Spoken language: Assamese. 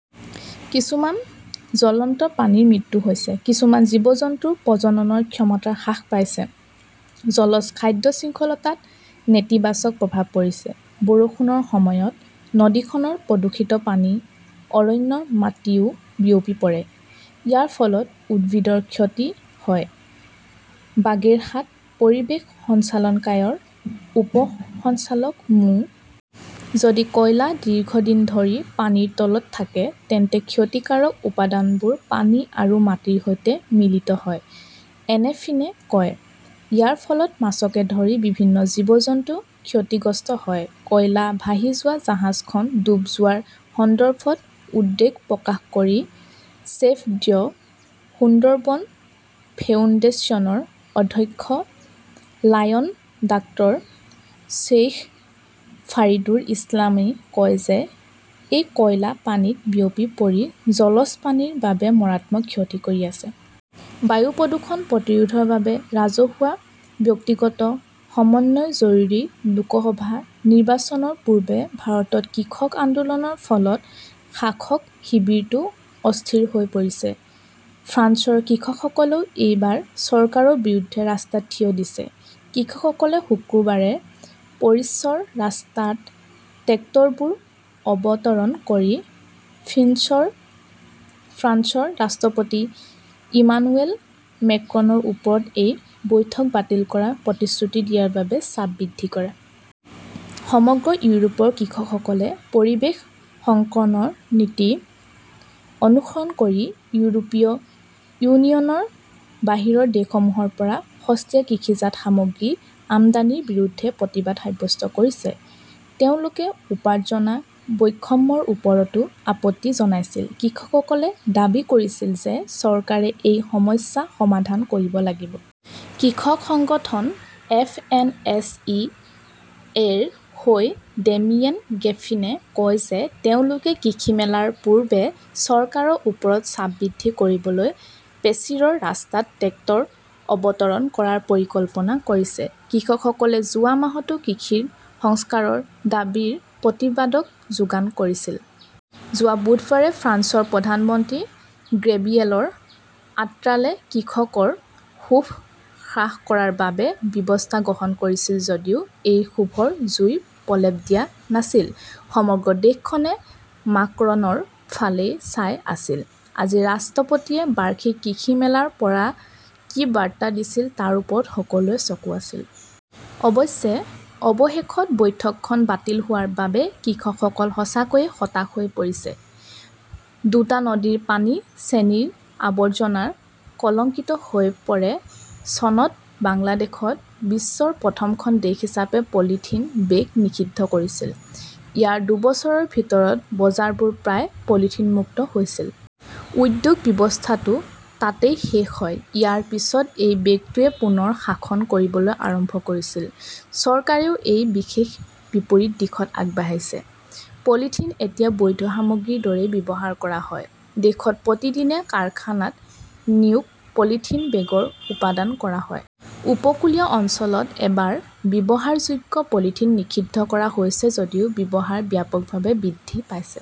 কিছুমান জলজ প্ৰাণীৰ মৃত্যু হৈছে। কিছুমান জীৱ-জন্তুৰ প্ৰজনন ক্ষমতা হ্ৰাস পাইছে। জলজ খাদ্য শৃংখলাত নেতিবাচক প্ৰভাৱ পৰিছে। বৰষুণৰ সময়ত নদীখনৰ প্ৰদূষিত পানী অৰণ্যৰ মাটিতও বিয়পি পৰে। ইয়াৰ ফলত উদ্ভিদৰ ক্ষতি হয়। বাগেৰহাট পৰিৱেশ সঞ্চালকালয়ৰ উপ সঞ্চালক মো. যদি কয়লা দীৰ্ঘদিন ধৰি পানীৰ তলত থাকে তেন্তে ক্ষতিকাৰক উপাদানবোৰ পানী আৰু মাটিৰ সৈতে মিহলি হয়, এৰেফিনে কয়। ইয়াৰ ফলত মাছকে ধৰি বিভিন্ন জীৱ-জন্তু ক্ষতিগ্ৰস্ত হয়। কয়লা ভাহি যোৱা জাহাজখন ডুব যোৱাৰ সন্দৰ্ভত উদ্বেগ প্ৰকাশ কৰি ছেভ দ্য সুন্দৰবন ফাউণ্ডেশ্যনৰ অধ্যক্ষ লায়ন ডাক্তৰ শ্বেইখ ফাৰিদুল ইছলামই কয় যে এই কয়লা পানীত বিয়পি পৰি জলজ প্ৰাণীৰ বাবে মাৰাত্মক ক্ষতি কৰি আছে। বায়ু প্ৰদূষণ প্ৰতিৰোধৰ বাবে ৰাজহুৱা-ব্যক্তিগত সমন্বয় জৰুৰী লোকসভা নিৰ্বাচনৰ পূৰ্বে ভাৰতত কৃষক আন্দোলনৰ ফলত শাসক শিবিৰটো অস্থিৰ হৈ পৰিছে। ফ্ৰান্সৰ কৃষকসকলেও এইবাৰ চৰকাৰৰ বিৰুদ্ধে ৰাস্তাত থিয় দিছে। কৃষকসকলে শুকুৰবাৰে পেৰিছৰ ৰাস্তাত ট্ৰেক্টৰবোৰ অৱতৰণ কৰি ফ্ৰান্সৰ ৰাষ্ট্ৰপতি ইমানুৱেল মেক্ৰনৰ ওপৰত এই বৈঠক বাতিল কৰাৰ প্ৰতিশ্ৰুতি দিয়াৰ বাবে চাপ বৃদ্ধি কৰে। সমগ্ৰ ইউৰোপৰ কৃষকসকলে পৰিৱেশ সংক্ৰমণ নীতি অনুসৰণ কৰি ইউৰোপীয় ইউনিয়নৰ বাহিৰৰ দেশসমূহৰ পৰা সস্তীয়া কৃষিজাত সামগ্ৰী আমদানিৰ বিৰুদ্ধে প্ৰতিবাদ সাব্যস্ত কৰিছে। তেওঁলোকে উপাৰ্জন বৈষম্যৰ ওপৰতো আপত্তি জনাইছিল। কৃষকসকলে দাবী কৰিছিল যে চৰকাৰে এই সমস্যা সমাধান কৰিব লাগিব। কৃষক সংগঠন F N S E A ৰ হৈ ডেমিয়েন গ্ৰেফিনে কয় যে তেওঁলোকে কৃষি মেলাৰ পূৰ্বে চৰকাৰৰ ওপৰত চাপ বৃদ্ধি কৰিবলৈ পেৰিছৰ ৰাস্তাত ট্ৰেক্টৰ অৱতৰণ কৰাৰ পৰিকল্পনা কৰিছে। কৃষকসকলে যোৱা মাহতো কৃষিৰ সংস্কাৰৰ দাবীত প্ৰতিবাদত যোগদান কৰিছিল। যোৱা বুধবাৰে ফ্ৰান্সৰ প্ৰধানমন্ত্ৰী গেব্ৰিয়েল অট্টালে কৃষকৰ ক্ষোভ হ্ৰাস কৰাৰ বাবে ব্যৱস্থা গ্ৰহণ কৰিছিল যদিও ই ক্ষোভৰ জুইৰ প্ৰলেপ দিয়া নাছিল। সমগ্ৰ দেশখনে মাকৰনৰ ফালে চাই আছিল। আজি ৰাষ্ট্ৰপতিয়ে বাৰ্ষিক কৃষি মেলাৰ পৰা কি বাৰ্তা দিছিল তাৰ ওপৰত সকলোৰে চকু আছিল। অৱশ্যে, অৱশেষত বৈঠকখন বাতিল হোৱাৰ বাবে কৃষকসকল সঁচাকৈয়ে হতাশ হৈ পৰিছে। দুটা নদীৰ পানী চেনিৰ আৱৰ্জনাত কলঙ্কিত হৈ পৰে চনত বাংলাদেশ বিশ্বৰ প্ৰথমখন দেশ হিচাপে পলিথিন বেগ নিষিদ্ধ কৰিছিল। ইয়াৰ দুবছৰৰ ভিতৰত বজাৰবোৰ প্ৰায় পলিথিন মুক্ত কৰা হৈছিল। উদ্যোগ, ব্যৱস্থাটো তাতেই শেষ হয়। ইয়াৰ পিছত এই বেগটোৱে পুনৰ শাসন কৰিবলৈ আৰম্ভ কৰিছিল। চৰকাৰেও এই ক্ষেত্ৰত বিপৰীত দিশত আগবাঢ়িছে। পলিথিন এতিয়া বৈধ সামগ্ৰীৰ দৰেই ব্যৱহাৰ কৰা হয়। দেশত প্ৰতিদিনে কাৰখানাত নিযুত পলিথিন বেগ উৎপাদন কৰা হয়। উপকূলীয় অঞ্চলত এবাৰ ব্যৱহাৰযোগ্য প্লাষ্টিক নিষিদ্ধ কৰা হৈছে যদিও ব্যৱহাৰ ব্যাপকভাৱে বৃদ্ধি পাইছে।